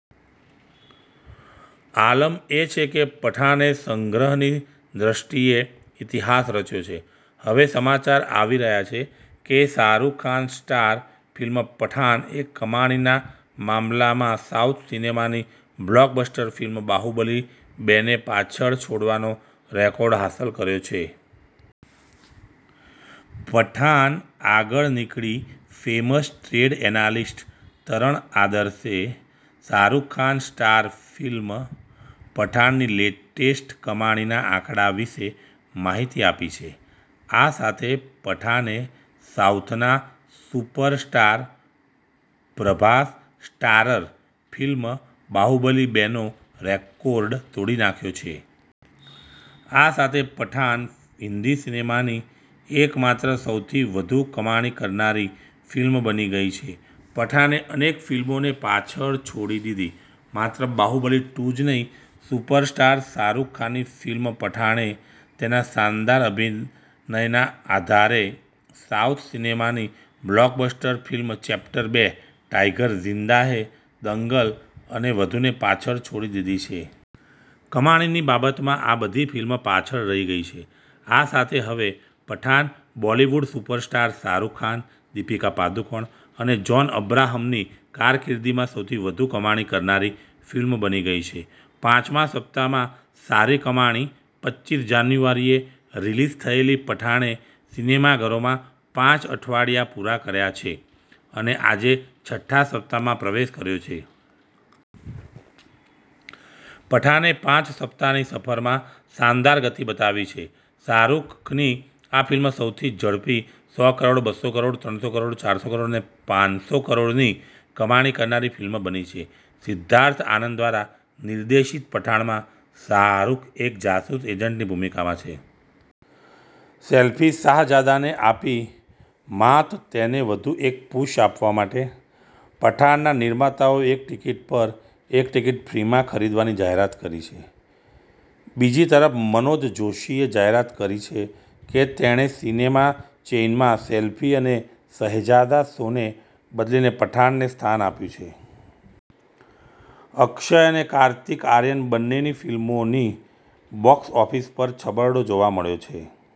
આલમ એ છે કે 'પઠાને' સંગ્રહની દૃષ્ટિએ ઇતિહાસ રચ્યો છે. હવે સમાચાર આવી રહ્યા છે કે શાહરૂખ ખાન સ્ટાર ફિલ્મ 'પઠાન'એ કમાણીના મામલામાં સાઉથ સિનેમાની બ્લોકબસ્ટર ફિલ્મ 'બાહુબલી બે 'ને પાછળ છોડવાનો રેકોર્ડ હાંસલ કર્યો છે. 'પઠાન' આગળ નીકળી ફેમસ ટ્રેડ એનાલિસ્ટ તરણ આદર્શે શાહરૂખ ખાન સ્ટાર ફિલ્મ 'પઠાણ'ની લેટેસ્ટ કમાણીના આંકડા વિશે માહિતી આપી છે. આ સાથે 'પઠાને' સાઉથના superstar Prabhas starrer film 'Baahubali બે 'નો રેકોર્ડ તોડી નાખ્યો છે. આ સાથે 'પઠાન' હિન્દી સિનેમાની એકમાત્ર સૌથી વધુ કમાણી કરનારી ફિલ્મ બની ગઈ છે. 'પઠાને' અનેક ફિલ્મોને પાછળ છોડી દીધી માત્ર 'બાહુબલી ટુ' જ નહીં, સુપરસ્ટાર શાહરૂખ ખાનની ફિલ્મ 'પઠાણ'એ તેના શાનદાર અભિનયના આધારે સાઉથ સિનેમાની બ્લોકબસ્ટર ફિલ્મ ચેપ્ટર બે, ટાઈગર ઝિંદા હૈ, દંગલ અને વધુને પાછળ છોડી દીધી છે. કમાણીની બાબતમાં આ બધી ફિલ્મ પાછળ રહી ગઈ છે. આ સાથે હવે પઠાન બોલિવૂડ સુપરસ્ટાર શાહરૂખ ખાન, દીપિકા પાદુકોણ અને જોન અબ્રાહમની કારકિર્દીમાં સૌથી વધુ કમાણી કરનારી ફિલ્મ બની ગઈ છે. પાંચમા સપ્તાહમાં સારી કમાણી પચ્ચીસ જાન્યુઆરીએ રિલીઝ થયેલી પઠાણે સિનેમાઘરોમાં પાંચ અઠવાડિયા પૂરા કર્યા છે અને આજે છઠ્ઠા સપ્તાહમાં પ્રવેશ કર્યો છે. પઠાને પાંચ સપ્તાહની સફરમાં શાનદાર ગતિ બતાવી છે. શાહરૂખની આ ફિલ્મ સૌથી ઝડપી સો કરોડ, બસો કરોડ, ત્રણસો કરોડ, ચારસો કરોડ અને પાંસો કરોડની કમાણી કરનારી ફિલ્મ બની છે. સિદ્ધાર્થ આનંદ દ્વારા નિર્દેશિત પઠાણમાં શાહરૂખ એક જાસૂસ એજન્ટની ભૂમિકામાં છે. સેલ્ફી-શાહજાદાને આપી માત તેને વધુ એક પુશ આપવા માટે, પઠાણના નિર્માતાઓએ એક ટિકિટ પર એક ટીકીટ ફ્રીમાં ખરીદવાની જાહેરાત કરી છે. બીજી તરફ મનોજ જોશીએ જાહેરાત કરી છે કે, તેણે સિનેમા ચેઈનમાં સેલ્ફી અને શહેઝાદા શોને બદલીને પઠાણને સ્થાન આપ્યું છે. અક્ષય અને કાર્તિક આર્યન બંનેની ફિલ્મોની બોક્સ ઓફિસ પર છબરડો જોવા મળ્યો છે.